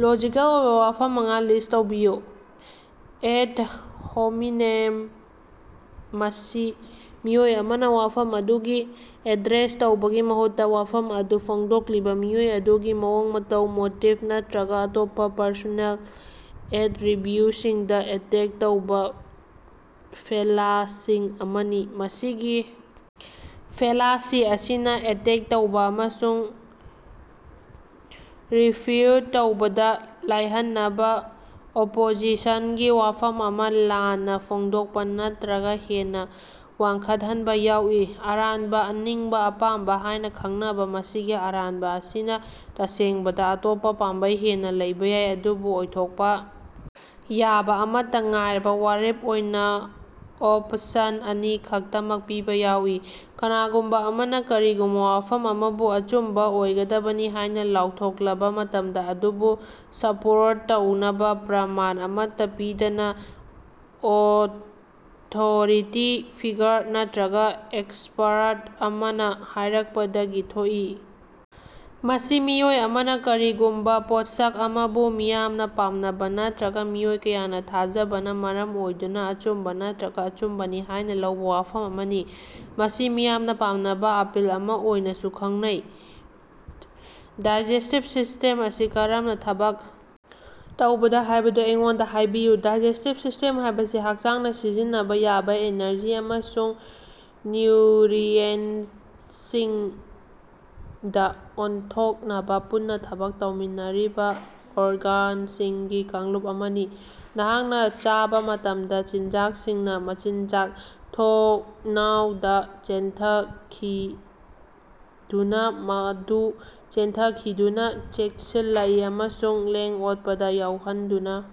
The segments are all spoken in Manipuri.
ꯂꯣꯖꯤꯀꯦꯜ ꯑꯣꯏꯕ ꯋꯥꯐꯝ ꯃꯉꯥ ꯂꯤꯁ꯭ꯠ ꯇꯧꯕꯤꯌꯨ꯫ ꯑꯦꯗ ꯍꯣꯃꯤꯅꯦꯝ ꯃꯁꯤ ꯃꯤꯑꯣꯏ ꯑꯃꯅꯥ ꯋꯥꯐꯝ ꯑꯗꯨꯕꯨ ꯑꯦꯗ꯭ꯔꯦꯁ ꯇꯧꯕꯒꯤ ꯃꯍꯨꯠꯇꯥ ꯋꯥꯐꯝ ꯑꯗꯨ ꯐꯣꯡꯗꯣꯛꯂꯤꯕꯥ ꯃꯤꯑꯣꯏ ꯑꯗꯨꯒꯤ ꯃꯑꯣꯡ ꯃꯇꯧ, ꯃꯣꯇꯤꯕ ꯅꯠꯇ꯭ꯔꯒꯥ ꯑꯇꯣꯞꯄꯥ ꯄꯔꯁꯣꯅꯦꯜ ꯑꯦꯠꯔꯤꯕ꯭ꯌꯨꯠꯁꯤꯡꯗꯥ ꯑꯦꯇꯦꯛ ꯇꯧꯕ ꯐꯦꯂꯥꯁꯤ ꯑꯃꯅꯤ꯫ ꯃꯁꯤꯒꯤ ꯐꯦꯂꯥꯁꯤ ꯑꯁꯤꯅꯥ ꯑꯦꯇꯦꯛ ꯇꯧꯕ ꯑꯃꯁꯨꯡ ꯔꯤꯐ꯭ꯌꯨꯠ ꯇꯧꯕꯗꯥ ꯂꯥꯏꯍꯟꯅꯕꯥ ꯑꯣꯄꯣꯖꯤꯁꯟꯒꯤ ꯋꯥꯐꯝ ꯑꯃꯥ ꯂꯥꯟꯅꯥ ꯐꯣꯡꯗꯣꯛꯄꯥ ꯅꯠꯇ꯭ꯔꯒꯥ ꯍꯦꯟꯅ ꯋꯥꯡꯈꯠꯍꯟꯕꯥ ꯌꯥꯎꯏ꯫ ꯑꯔꯥꯟꯕꯥ ꯑꯅꯤꯡꯕ ꯑꯄꯥꯝꯕ ꯍꯥꯏꯅ ꯈꯪꯅꯕꯥ, ꯃꯁꯤꯒꯤ ꯑꯔꯥꯟꯕꯥ ꯑꯁꯤꯅꯥ ꯇꯁꯦꯡꯕꯗ ꯑꯇꯣꯞꯄ ꯄꯥꯝꯕꯩ ꯍꯦꯟꯅ ꯂꯩꯕ ꯌꯥꯏ, ꯑꯗꯨꯕꯨ ꯑꯣꯏꯊꯣꯛꯄ ꯌꯥꯕ ꯑꯃꯠꯇꯥ ꯉꯥꯏꯔꯕ ꯋꯥꯔꯦꯞ ꯑꯣꯏꯅ ꯑꯣꯄꯁꯟ ꯑꯅꯤ ꯈꯛꯇꯃꯛ ꯄꯤꯕ ꯌꯥꯎꯏ꯫ ꯀꯅꯥꯒꯨꯝꯕꯥ ꯑꯃꯅꯥ ꯀꯔꯤꯒꯨꯝꯕꯥ ꯋꯥꯐꯝ ꯑꯃꯥꯕꯨ ꯑꯆꯨꯝꯕꯥ ꯑꯣꯏꯒꯗꯕꯅꯤ ꯍꯥꯏꯅ ꯂꯥꯎꯊꯣꯛꯂꯕꯥ ꯃꯇꯝꯗꯥ, ꯃꯗꯨꯕꯨ ꯁꯄꯣꯔꯠ ꯇꯧꯅꯕꯥ ꯄ꯭ꯔꯃꯥꯟ ꯑꯃꯠꯇꯥ ꯄꯤꯗꯅꯥ, ꯑꯣꯊꯣꯔꯤꯇꯤ ꯐꯤꯒꯔ ꯅꯠꯇ꯭ꯔꯒꯥ ꯑꯦꯛꯁꯄꯔꯠ ꯑꯃꯅꯥ ꯍꯥꯏꯔꯛꯄꯗꯒꯤ ꯊꯣꯛꯏ꯫ ꯃꯁꯤ ꯃꯤꯑꯣꯏ ꯑꯃꯅꯥ ꯀꯔꯤꯒꯨꯝꯕꯥ ꯄꯣꯠꯁꯛ ꯑꯃꯕꯨ ꯃꯤꯌꯥꯝꯅꯥ ꯄꯥꯝꯅꯕꯥ ꯅꯠꯇ꯭ꯔꯒꯥ ꯃꯤꯑꯣꯏ ꯀꯌꯥꯅꯥ ꯊꯥꯖꯕꯅꯥ ꯃꯔꯝ ꯑꯣꯏꯗꯨꯅꯥ ꯑꯆꯨꯝꯕꯥ ꯅꯠꯇ꯭ꯔꯒ ꯑꯆꯨꯝꯕꯅꯤ ꯍꯥꯏꯅꯥ ꯂꯧꯕ ꯋꯥꯐꯝ ꯑꯃꯅꯤ꯫ ꯃꯁꯤ ꯃꯤꯌꯥꯝꯅꯥ ꯄꯥꯝꯅꯕꯥ ꯑꯄꯤꯜ ꯑꯃꯥ ꯑꯣꯏꯅꯥꯁꯨ ꯈꯪꯅꯩ꯫ ꯗꯥꯏꯖꯦꯁ꯭ꯇꯤꯚ ꯁꯤꯁ꯭ꯇꯦꯝ ꯑꯁꯤ ꯀꯔꯝꯅꯥ ꯊꯕꯛ ꯇꯧꯕꯗ ꯍꯥꯏꯕꯗꯨ ꯑꯩꯉꯣꯟꯗꯥ ꯍꯥꯏꯕꯤꯌꯨ꯫ ꯗꯥꯏꯖꯦꯁ꯭ꯇꯤꯚ ꯁꯤꯁ꯭ꯇꯦꯝ ꯍꯥꯏꯕꯁꯤ ꯍꯛꯆꯥꯡꯅꯥ ꯁꯤꯖꯤꯟꯅꯕꯥ ꯌꯥꯕꯥ ꯑꯦꯅꯔꯖꯤ ꯑꯃꯁꯨꯡ ꯅ꯭ꯌꯨꯠꯔꯤꯑꯦꯟꯇꯁꯤꯡꯗꯥ ꯑꯣꯟꯊꯣꯛꯅꯕꯥ ꯄꯨꯟꯅꯥ ꯊꯕꯛ ꯇꯧꯃꯤꯟꯅꯔꯤꯕꯥ ꯑꯣꯔꯒꯥꯟꯁꯤꯡꯒꯤ ꯀꯥꯡꯂꯨꯞ ꯑꯃꯅꯤ꯫ ꯅꯍꯥꯛꯅꯥ ꯆꯥꯕꯥ ꯃꯇꯝꯗꯥ, ꯆꯤꯟꯖꯥꯛꯁꯤꯡꯅꯥ ꯃꯆꯤꯟꯖꯥꯛ ꯊꯣꯡꯅꯥꯎꯗꯥ ꯆꯦꯟꯊꯈꯤꯗꯨꯅꯥ ꯃꯗꯨ ꯆꯦꯟꯊꯈꯤꯗꯨꯅꯥ ꯆꯦꯟꯁꯤꯜꯂꯛꯏ ꯑꯃꯁꯨꯡ ꯂꯦꯡ-ꯑꯣꯠꯄꯗꯥ ꯌꯥꯎꯍꯟꯗꯨꯅꯥ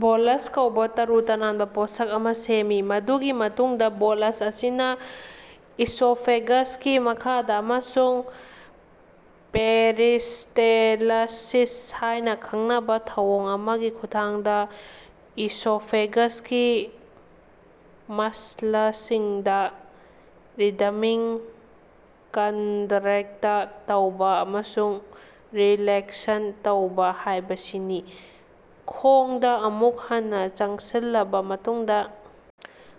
ꯕꯣꯂꯁ ꯀꯧꯕ ꯇꯔꯨ-ꯇꯥꯟꯅꯕꯥ ꯄꯣꯠꯁꯛ ꯑꯃꯥ ꯁꯦꯝꯃꯤ꯫ ꯃꯗꯨꯒꯤ ꯃꯇꯨꯡꯗꯥ ꯕꯣꯂꯁ ꯑꯁꯤꯅꯥ ꯏꯁꯣꯐꯦꯒꯁꯀꯤ ꯃꯈꯥꯗꯥ ꯑꯃꯁꯨꯡ ꯄꯦꯔꯤꯁ꯭ꯇꯦꯂꯁꯤꯁ ꯍꯥꯏꯅꯥ ꯈꯪꯅꯕꯥ ꯊꯧꯑꯣꯡ ꯑꯃꯒꯤ ꯈꯨꯠꯊꯥꯡꯗꯥ ꯏꯁꯣꯐꯦꯒꯁꯀꯤ ꯃꯁꯂꯁꯤꯡꯗꯥ ꯔꯤꯗꯃꯤꯛ ꯀꯟꯇꯔꯦꯛꯇ ꯇꯧꯕꯥ ꯑꯃꯁꯨꯡ ꯔꯤꯂꯦꯛꯁꯟ ꯇꯧꯕꯥ ꯍꯥꯏꯕꯁꯤꯅꯤ꯫ ꯈꯣꯡꯗꯥ ꯑꯃꯨꯛ ꯍꯟꯅꯥ ꯆꯪꯁꯤꯜꯂꯕꯥ ꯃꯇꯨꯡꯗꯥ,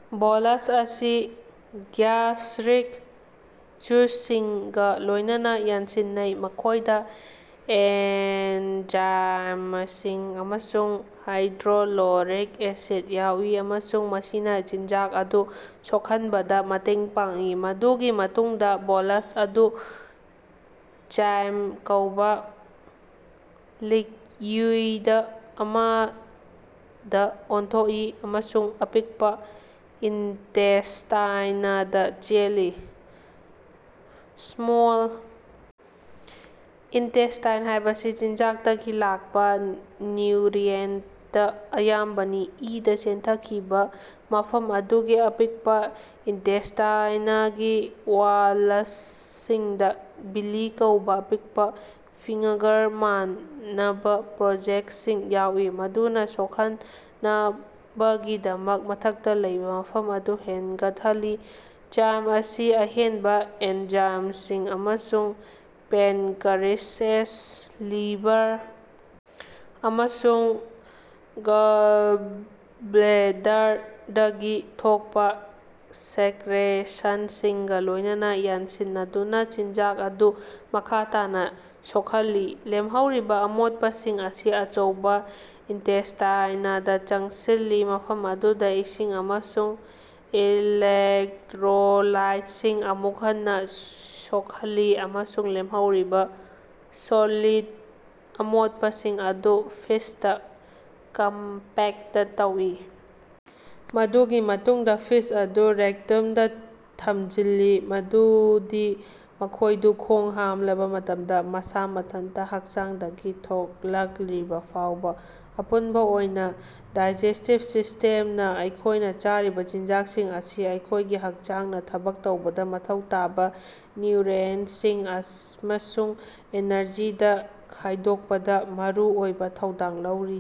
ꯕꯣꯂꯁ ꯑꯁꯤ ꯒ꯭ꯌꯥꯁꯠꯔꯤꯛ ꯖꯨꯁꯁꯤꯡꯒꯥ ꯂꯣꯏꯅꯅꯥ ꯌꯥꯟꯁꯤꯟꯅꯩ, ꯃꯈꯣꯏꯗꯥ ꯑꯦꯅꯖꯥꯏꯃꯁꯤꯡ ꯑꯃꯁꯨꯡ ꯍꯥꯏꯗ꯭ꯔꯣꯛꯂꯣꯔꯤꯛ ꯑꯦꯁꯤꯠ ꯌꯥꯎꯏ ꯑꯃꯁꯨꯡ ꯃꯁꯤꯅꯥ ꯆꯤꯟꯖꯥꯛ ꯑꯗꯨ ꯁꯣꯛꯍꯟꯕꯗꯥ ꯃꯇꯦꯡ ꯄꯥꯡꯏ꯫ ꯃꯗꯨꯒꯤ ꯃꯇꯨꯡꯗꯥ ꯕꯣꯂꯁ ꯑꯗꯨ ꯆꯥꯏꯝ ꯀꯧꯕꯥ ꯂꯤꯛꯌꯨꯏꯗ ꯑꯃꯗꯥ ꯑꯣꯟꯊꯣꯛꯏ ꯑꯃꯁꯨꯡ ꯑꯄꯤꯛꯄꯥ ꯏꯟꯇꯦꯁ꯭ꯇꯥꯏꯅꯗꯥ ꯆꯦꯜꯂꯤ꯫ ꯁ꯭ꯃꯣꯜ ꯏꯟꯇꯦꯁ꯭ꯇꯥꯏꯟ ꯍꯥꯏꯕꯁꯤ ꯆꯤꯟꯖꯥꯛꯇꯒꯤ ꯂꯥꯛꯄꯥ ꯅ꯭ꯌꯨꯠꯔꯤꯑꯦꯟꯇ ꯑꯌꯥꯝꯕꯗꯤ ꯏꯗꯥ ꯆꯦꯟꯊꯈꯤꯕꯥ ꯃꯐꯝ ꯑꯗꯨꯅꯤ꯫ ꯑꯄꯤꯛꯄꯥ ꯏꯟꯇꯦꯁ꯭ꯇꯥꯏꯅꯒꯤ ꯋꯥꯂꯁꯤꯡꯗꯥ ꯚꯤꯂꯤ ꯀꯧꯕꯥ ꯑꯄꯤꯛꯄꯥ ꯐꯤꯉ꯭ꯒꯔ-ꯃꯥꯟꯅꯕꯥ ꯄ꯭ꯔꯣꯖꯦꯛꯁꯁꯤꯡ ꯌꯥꯎꯏ, ꯃꯗꯨꯅꯥ ꯁꯣꯛꯍꯟꯅꯕꯒꯤꯗꯃꯛ ꯃꯊꯛꯇꯥ ꯂꯩꯕꯥ ꯃꯐꯝ ꯑꯗꯨ ꯍꯦꯟꯒꯠꯍꯜꯂꯤ꯫ ꯆꯥꯏꯝ ꯑꯁꯤ ꯑꯍꯦꯟꯕꯥ ꯑꯦꯅꯖꯥꯏꯃꯁꯤꯡ ꯑꯃꯁꯨꯡ ꯄꯦꯟꯀꯔꯤꯑꯦꯖ, ꯂꯤꯚꯔ ꯑꯃꯁꯨꯡ ꯒꯥꯂꯕ꯭ꯂꯦꯗꯔꯗꯒꯤ ꯊꯣꯛꯄꯥ ꯁꯦꯛꯔꯦꯁꯟꯁꯤꯡꯒꯥ ꯂꯣꯏꯅꯅꯥ ꯌꯥꯟꯁꯤꯟꯅꯗꯨꯅꯥ ꯆꯤꯟꯖꯥꯛ ꯑꯗꯨ ꯃꯈꯥ ꯇꯥꯅꯥ ꯁꯣꯛꯍꯜꯂꯤ꯫ ꯂꯦꯝꯍꯧꯔꯤꯕꯥ ꯑꯃꯣꯠꯄꯁꯤꯡ ꯑꯁꯤ ꯑꯆꯧꯕꯥ ꯏꯟꯇꯦꯁ꯭ꯇꯥꯏꯅꯗꯥ ꯆꯪꯁꯤꯜꯂꯤ, ꯃꯐꯝ ꯑꯗꯨꯗꯥ ꯏꯁꯤꯡ ꯑꯃꯁꯨꯡ ꯏꯂꯦꯛꯠꯔꯣꯂꯥꯏꯠꯁꯤꯡ ꯑꯃꯨꯛ ꯍꯟꯅꯥ ꯁꯣꯛꯍꯜꯂꯤ, ꯑꯃꯁꯨꯡ ꯂꯦꯝꯍꯧꯔꯤꯕꯥ ꯁꯣꯂꯤꯠꯇ ꯑꯃꯣꯠꯄꯁꯤꯡ ꯑꯗꯨ ꯐꯤꯁꯇꯥ ꯀꯝꯄꯦꯛꯇ ꯇꯧꯏ꯫ ꯃꯗꯨꯒꯤ ꯃꯇꯨꯡꯗꯥ ꯐꯤꯁ ꯑꯗꯨ ꯔꯦꯛꯇꯨꯝꯗꯥ ꯊꯝꯖꯤꯜꯂꯤ ꯃꯗꯨꯗꯤ ꯃꯈꯣꯏꯗꯨ ꯈꯣꯡ ꯍꯥꯝꯂꯕꯥ ꯃꯇꯝꯗꯥ ꯃꯁꯥ ꯃꯊꯟꯇꯥ ꯍꯛꯆꯥꯡꯗꯒꯤ ꯊꯣꯛꯂꯛꯔꯤꯕ ꯐꯥꯎꯕꯥ꯫ ꯑꯄꯨꯟꯕꯥ ꯑꯣꯏꯅ, ꯗꯥꯏꯖꯦꯁ꯭ꯇꯤꯚ ꯁꯤꯁ꯭ꯇꯦꯝꯅꯥ ꯑꯩꯈꯣꯏꯅꯥ ꯆꯥꯔꯤꯕꯥ ꯆꯤꯟꯖꯥꯛꯁꯤꯡ ꯑꯁꯤ ꯑꯩꯈꯣꯏꯒꯤ ꯍꯛꯆꯥꯡꯅꯥ ꯊꯕꯛ ꯇꯧꯕꯗꯥ ꯃꯊꯧ ꯇꯥꯕꯥ ꯅ꯭ꯌꯨꯠꯔꯤꯑꯦꯟꯇꯁꯤꯡ ꯑꯃꯁꯨꯡ ꯑꯦꯅꯔꯖꯤꯗꯥ ꯈꯥꯏꯗꯣꯛꯄꯗꯥ ꯃꯔꯨꯑꯣꯏꯕꯥ ꯊꯧꯗꯥꯡ ꯂꯧꯔꯤ꯫